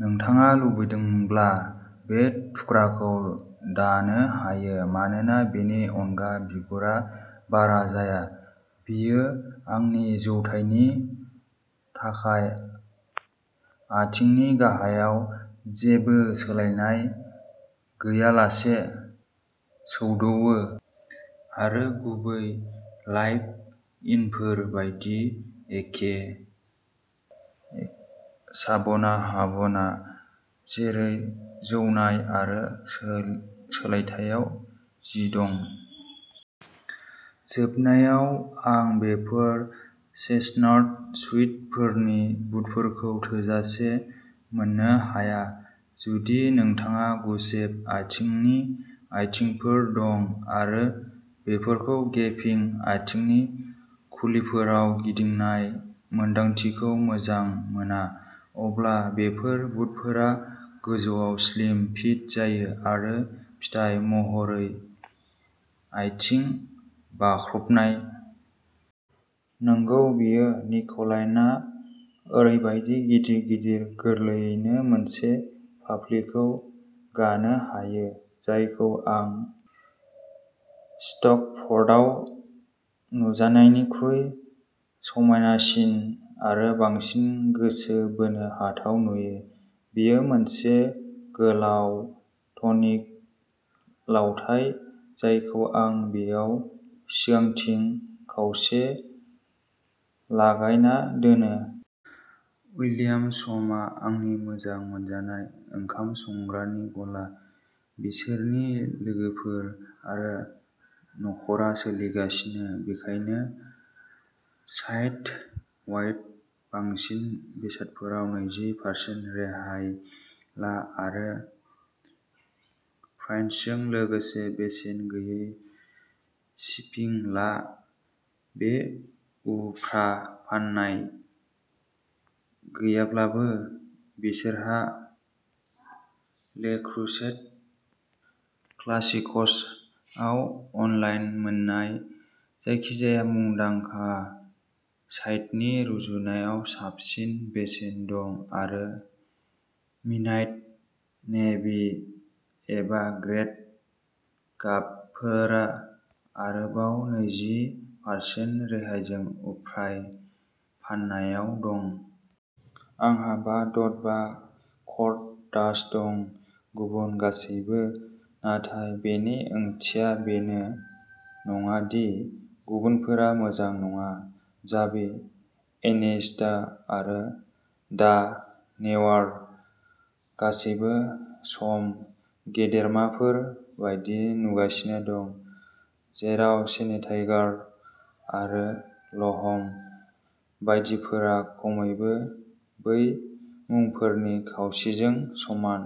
नोंथाङा लुबैदोंब्ला बे थुख्राखौ दानो हायो, मानोना बेनि अनगा बिगुरा बारा जाया। बेयो आंनि जौथायनि थाखाय आथिंनि गाहायाव जेबो सोलायनाय गैयालासे सौदावो, आरो गुबै लाइभ-इनफोर बायदि एखे साबनाहाबना जेरै जौनाय आरो सोलायथायाव जि दं। जोबनायाव, आं बेफोर चेस्टनाट सुइड आथिंनि बुटफोरखौ थोजासे मोननो हाया। जुदि नोंथांहा गुसेब आथिंनि आथिंफोर दं आरो बेफोरखौ गेपिं आथिंनि खुलिफोराव गिदिंनाय मोन्दांथिखौ मोजां मोना, अब्ला बेफोर बुटफोरा गोजौआव स्लिम फिट जायो आरो फिथाय महरै आथिं बाख्राबनाय। नंगौ, बेयो नेकलाइनआ ओरैबायदि गिदिर गिदिर गोरलैयैनो मोनसे फाफ्लिखौ गानो हायो, जायखौ आं स्ट'क फट'आव नुजानायनिख्रुइ समायनासिन आरो बांसिन गोसो बोनो हाथाव नुयो। बेयो मोनसे गोलाव टुनिक लावथाइ जायखौ आं बेयाव सिगांथिं खावसे-लागायना दोनो। विलियम्स सन'मा आंनि मोजां मोनजानाय ओंखाम संग्रानि गला। बिसोरनि लोगोफोर आरो नखरा सोलिगासिनो, बेनिखायनो साइट-वाइड बांसिन बेसादफोराव नैजि फारसेन्थ रेहाय ला आरो फ्राइन्डसजों लोगोसे बेसेन गैयै शिपिं ला। बे उफ्रा फान्नाय गैयाब्लाबो, बिसोरहा ले क्रुसेट क्लासिक्सआव अनलाइन मोन्नाय जायखिजाया मुंदांखा साइटनि रुजुनायाव साबसिन बेसेन दं, आरो मिडनाइट नेभि एबा ग्रेब गाबफोरा आरोबाव नैजि फरसेन्थ रेहायजों उफ्रा फान्नायाव दं। आंहा बा द'द बा क्वार्ट डाच दं। गुबुन गासैबो नाथाय बेनि ओंथिया बेनो नङा दि गुबुनफोरा मोजां नङा। जाभि, इनिएस्टा आरो दा नेउयार गासैबो सम गेदेरमाफोर बायदि नुगासिनो दं। जेराव श्वेनस्टाइगार आरो लाहम बायदिफोरा खमैबो बै मुंफोरनि खावसेजों समान।